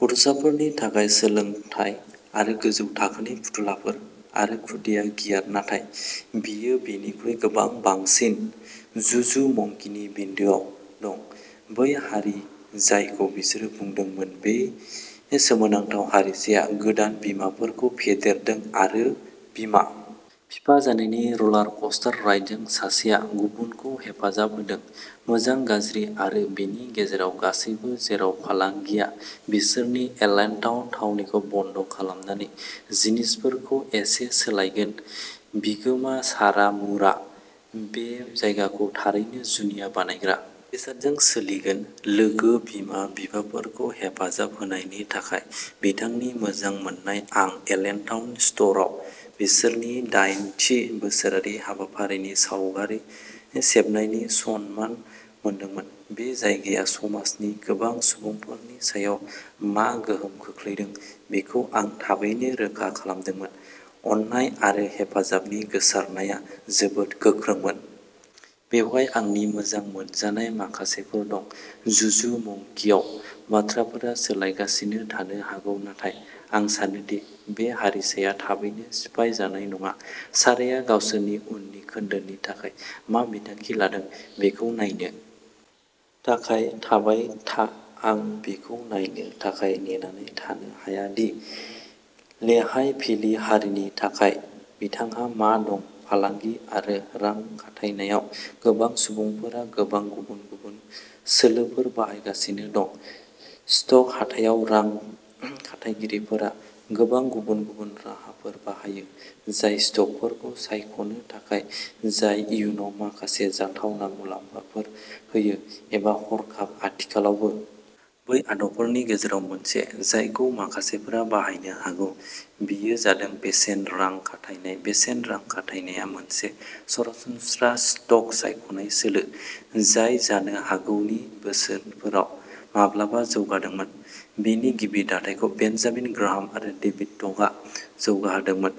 गथ'साफोरनि थाखाय सोलोंथाय आरो गोजौ थाखोनि फुथुलाफोर आरो खुदिया गियार नाथाय बियो बेनिख्रुइबो गोबां बांसिन जु जु मंकिनि बिन्दोआव दं बै हारि जायखौ बिसोरो बुथुमदों बे सोमोनांथाव हारिसाया गोदान बिमाफोरखौ फेदेरदों आरो बिमा बिफा जानायनि रलार क'स्टार राइडजों सासेया गुबुनखौ हेफाजाब होदों मोजां गाज्रि आरो बेनि गेजेराव गासैबो जेराव फालांगिया बिसोरनि एलेनटाउन थावनिखौ बन्द खालामनानै जिनिसफोरखौ एसे सोलायगोन बिगोमा सारा मुरआ बे जायगाखौ थारैनो जुनिया बानायग्रा बेसादजों सोलिगोन लोगो बिमा बिफाफोरखौ हेफाजाब होनायनि थाखाय बिथांनि मोजां मोन्नाय आं एलेनटाउन स्ट'रआव बिसोरनि दइन थि बोसोरारि हाबाफारिनि सावगारि सेबनायनि सनमान मोनदोंमोन बे जायगाया समाजनि गोबां सुबुंफोरनि सायाव मा गोहोम खोख्लैदों बेखौ आं थाबैनो रोखा खालामदोंमोन अननाय आरो हेफाजाबनि गोसारनाया जोबोद गोख्रोंमोन। बेवहाय आंनि मोजां मोनजानाय माखासेफोर दं जु जु मंकिआव बाथ्राफोरा सोलायगासिनो थानो हागौ नाथाय आं सानो दि बे हारिसाया थाबैनो सिफाय जानाय नङा साराया गावसोरनि उननि खोन्दोनि थाखाय मा बिथांखि लादों बेखौ नायनो थाखाय थाबाय था आं बेखौ नायनो थाखाय नेनानै थानो हाया दि लेहाइ भेलि हारिनि थाखाय बिथांहा मा दं फालांगि आरो रां खाथायनायाव गोबां सुबुंफोरा गोबां गुबुन गुबुन सोलोफोर बाहायगासिनो दं स्टक हाथायाव रां खाथायगिरिफोरा गोबां गुबुन गुबुन राहाफोर बाहायो जाय स्टकफोरखौ सायख'नो थाखाय जाय इयुनाव माखासे जाथावना मुलाम्फाफोर होयो एबा हरखाब आथिखालावबो। बै आदबफोरनि गेजेराव मोनसे जायखौ माखासेफोरा बाहायनो हागौ बेयो जादों बेसेन रां खाथायनाय बेसेन रां खाथायनाया मोनसे सरासनस्रा स्टक सायख'नाय सोलो जाय जानो हागौ नि बोसोरफोराव माब्लाबा जौगादोंमोन। बेनि गिबि दाथायखौ बेन्जामिन ग्राहाम आरो डेभिड टडआ जौगाहोदोंमोन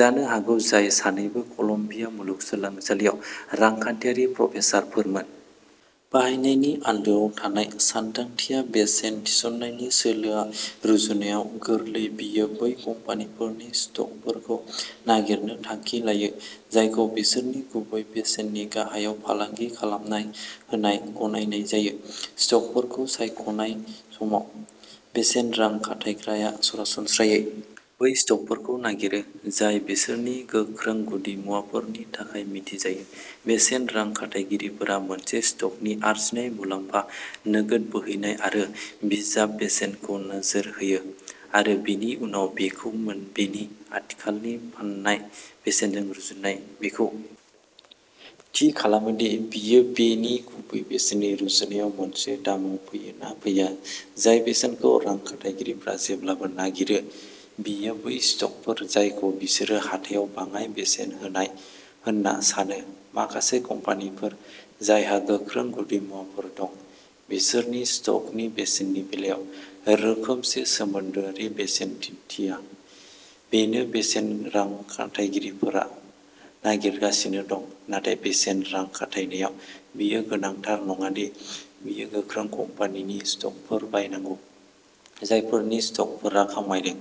जानो हागौ जाय सानैबो कलम्बिया मुलुगसोलोंसालियाव रांखान्थियारि प्रफेसारफोरमोन। बाहायनायनि आन्दोआव थानाय सानदांथिया बेसेन थिसननायनि सोलोआ रुजुनायाव गोरलै बेयो बै कम्पानिफोरनि स्टकफोरखौ नागिरनो थांखि लायो जायखौ बिसोरनि गुबै बेसेननि गाहायाव फालांगि खालामनाय होनना गनायनाय जायो। स्टकफोरखौ सायख'नाय समाव बेसेन रां खाथायग्राया सरासनस्रायै बै स्टकफोरखौ नागिरो जाय बिसोरनि गोख्रों गुदिमुवाफोरनि थाखाय मिथिजायो बेसेन रां खाथायगिरिफोरा मोनसे स्टकनि आर्जिनाय मुलाम्फा नोगोद बोहैनाय आरो बिजाब बेसेनखौ नोजोर होयो आरो बेनि उनाव बेखौ बेनि आथिखालनि फान्नाय बेसेनजों रुजुना बेखौ थि खालामो दि बेयो बेनि गुबै बेसेननि रुजुनायाव मोनसे दामाव फैयो ना फैया जाय बेसेनखौ रां खाथायगिरिफोरा जेब्लाबो नागिरो बेयो बै स्टकफोर जायखौ बिसोरो हाथायाव बाङाइ बेसेन होनाय होनना सानो माखासे कम्पानिफोर जायहा गोख्रों गुदिमुवाफोर दं बिसोरनि स्ट'कनि बेसेननि बेलायाव रोखोमसे सोमोन्दोआरि बेसेन दिन्थिया बेनो बेसेन रां खाथायगिरिफोरा नागिरगासिनो दं नाथाय बेसेन रां खाथायनायाव बेयो गोनांथार नङा दि बेयो गोख्रों कम्पानिनि स्टकफोर बायनांगौ जायफोरनि स्टकफोरा खमायदों।